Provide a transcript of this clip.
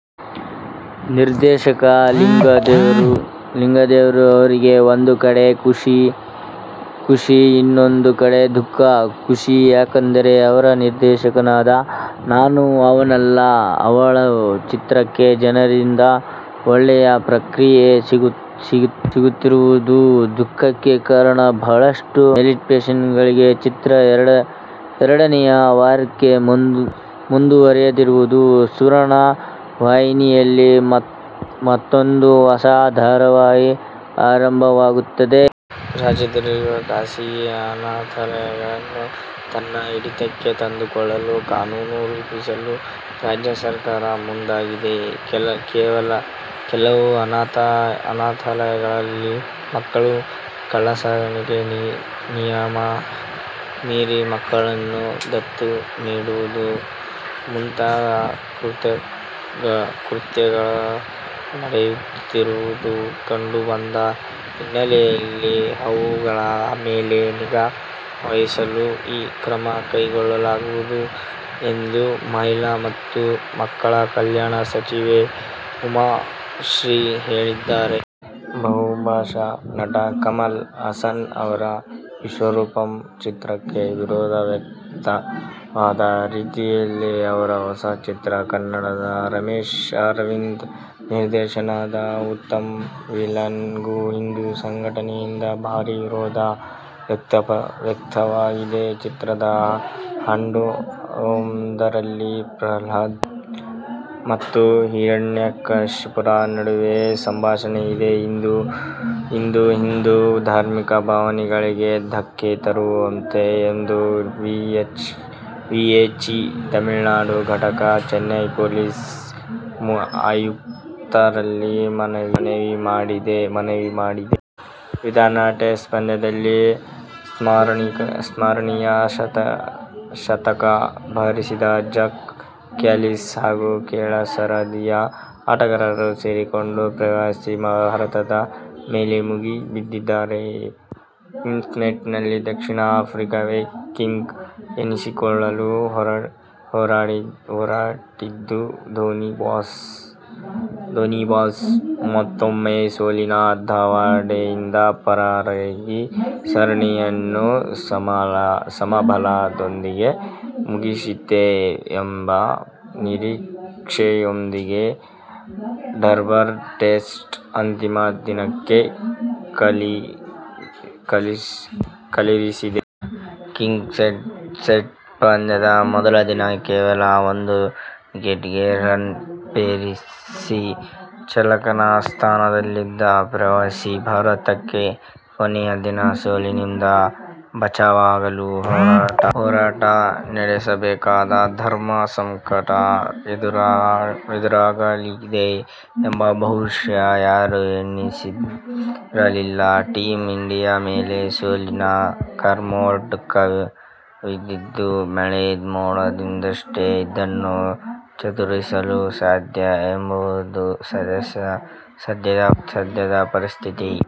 ನಿರ್ದೇಶಕ ಲಿಂಗದೇವರು ಅವರಿಗೆ ಒಂದು ಕಡೆ ಖುಷಿ. ಇನ್ನೊಂದು ಕಡೆ ದುಃಖ. ಖುಷಿ ಯಾಕೆಂದರೆ, ಅವರ ನಿರ್ದೇಶನದ "ನಾನು ಅವನಲ್ಲ ಅವಳು' ಚಿತ್ರಕ್ಕೆ ಜನರಿಂದ ಒಳ್ಳೆಯ ಪ್ರತಿಕ್ರಿಯೆ ಸಿಗುತ್ತಿರುವುದು. ದುಃಖಕ್ಕೆ ಕಾರಣ ಬಹಳಷ್ಟು ಮಲ್ಟಿಪ್ಲೆಕ್ಸ್ಗಳಲ್ಲಿ ಚಿತ್ರ ಎರಡನೆಯ ವಾರಕ್ಕೆ ಮುಂದುವರೆಯದಿರುವುದು. ಸುವರ್ಣ ವಾಹಿನಿಯಲ್ಲಿ ಮತ್ತೂಂದು ಹೊಸ ಧಾರಾವಾಹಿ ಆರಂಭವಾಗುತ್ತಿದೆ. ರಾಜ್ಯದಲ್ಲಿರುವ ಖಾಸಗಿ ಅನಾಥಾಲಯಗಳನ್ನು ತನ್ನ ಹಿಡಿತಕ್ಕೆ ತಂದುಕೊಳ್ಳಲು ಕಾನೂನು ರೂಪಿಸಲು ರಾಜ್ಯ ಸರ್ಕಾರ ಮುಂದಾಗಿದೆ. ಕೆಲವು ಅನಾಥಾಲಯಗಳಲ್ಲಿ ಮಕ್ಕಳ ಕಳ್ಳಸಾಗಣೆ, ನಿಯಮ ಮೀರಿ ಮಕ್ಕಳನ್ನು ದತ್ತು ನೀಡುವುದು ಮುಂತಾದ ಕೃತ್ಯಗಳು ನಡೆಯುತ್ತಿರುವುದು ಕಂಡು ಬಂದ ಹಿನ್ನೆಲೆಯಲ್ಲಿ ಅವುಗಳ ಮೇಲೆ ನಿಗಾ ವಹಿಸಲು ಈ ಕ್ರಮ ಕೈಗೊಳ್ಳಲಾಗುವುದು ಎಂದು ಮಹಿಳಾ ಮತ್ತು ಮಕ್ಕಳ ಕಲ್ಯಾಣ ಸಚಿವೆ ಉಮಾಶ್ರೀ ಹೇಳಿದ್ದಾರೆ. ಬುಹುಭಾಷಾ ನಟ ಕಮಲ್ ಹಾಸನ್ ಅವರ ವಿಶ್ವರೂಪಂ ಚಿತ್ರಕ್ಕೆ ವಿರೋಧ ವ್ಯಕ್ತವಾದ ರೀತಿಯಲ್ಲೇ, ಅವರ ಹೊಸ ಚಿತ್ರ, ಕನ್ನಡದ ರಮೇಶ್ ಅರವಿಂದ ನಿರ್ದೇಶನದ "ಉತ್ತಮ್ ವಿಲನ್'ಗೂ ಹಿಂದು ಸಂಘಟನೆಯಿಂದ ಭಾರಿ ವಿರೋಧ ವ್ಯಕ್ತವಾಗಿದೆ. ಚಿತ್ರದ ಹಾಡೊಂದರಲ್ಲಿ ಪ್ರಹ್ಲಾದ ಮತ್ತು ಹಿರಣ್ಯಕಶಿಪು ನಡುವಿನ ಸಂಭಾಷಣೆ ಇದೆ, ಇದು ಹಿಂದು ಧಾರ್ಮಿಕ ಭಾವನೆಗಳಿಗೆ ಧಕ್ಕೆ ತರುವಂತಿದೆ ಎಂದು ವಿಎಚ್ಪಿ ತಮಿಳುನಾಡು ಘಟಕ, ಚೆನ್ನೈ ಪೊಲೀಸ್ ಆಯುಕ್ತರಲ್ಲಿ ಮನವಿ ಮಾಡಿದೆ. ವಿದಾಯ ಟೆಸ್ಟ್ ಪಂದ್ಯದಲ್ಲಿ ಸ್ಮರಣೀಯ ಶತಕ ಬಾರಿಸಿದ ಜಾಕ್ ಕ್ಯಾಲಿಸ್ ಹಾಗೂ ಕೆಳ ಸರದಿಯ ಆಟಗಾರರು ಸೇರಿಕೊಂಡು ಪ್ರವಾಸಿ ಭಾರತದ ಮೇಲೆ ಮುಗಿಬಿದ್ದಿದ್ದಾರೆ. '''ಕಿಂಗ್ಸ್ಮೀಡ್'ನಲ್ಲಿ ದಕ್ಷಿಣ ಆಫ್ರಿಕಾವೇ ಕಿಂಗ್ ಎನಿಸಿಕೊಳ್ಳಲು ಹೊರಟಿದ್ದು, ಧೋನಿ ಬಾಯ್ಸ ಮತ್ತೂಮ್ಮೆ ಸೋಲಿನ ದವಡೆಯಿಂದ ಪಾರಾಗಿ ಸರಣಿಯನ್ನು ಸಮಬಲದೊಂದಿಗೆ ಮುಗಿಸೀತೇ ಎಂಬ ನಿರೀಕ್ಷೆಯೊಂದಿಗೆ ಡರ್ಬನ್ ಟೆಸ್ಟ್ ಅಂತಿಮ ದಿನಕ್ಕೆ ಕಾಲಿರಿಸಿದೆ. ಕಿಂಗ್ಸ್ಮೀಡ್ ಟೆಸ್ಟ್ ಪಂದ್ಯದ ಮೊದಲ ದಿನ ಕೇವಲ ಒಂದು ವಿಕೆಟಿಗೆ ರನ್ ಪೇರಿಸಿ ಚಾಲಕನ ಸ್ಥಾನದಲ್ಲಿದ್ದ ಪ್ರವಾಸಿ ಭಾರತಕ್ಕೆ ಕೊನೆಯ ದಿನ ಸೋಲಿನಿಂದ ಬಚಾವಾಗಲು ಹೋರಾಟ ನಡೆಸಬೇಕಾದ ಧರ್ಮಸಂಕಟ ಎದುರಾಗಲಿದೆ ಎಂದು ಬಹುಶಃ ಯಾರೂ ಎಣಿಸಿರಲಿಲ್ಲ. ಟೀಮ್ ಇಂಡಿಯಾ ಮೇಲೆ ಸೋಲಿನ ಕಾರ್ಮೋಡ ಕವಿದಿದ್ದು, ಮಳೆ ಮೋಡದಿಂದಷ್ಟೇ ಇದನ್ನು ಚದುರಿಸಲು ಸಾಧ್ಯ ಎಂಬುದು ಸದ್ಯದ ಸ್ಥಿತಿ.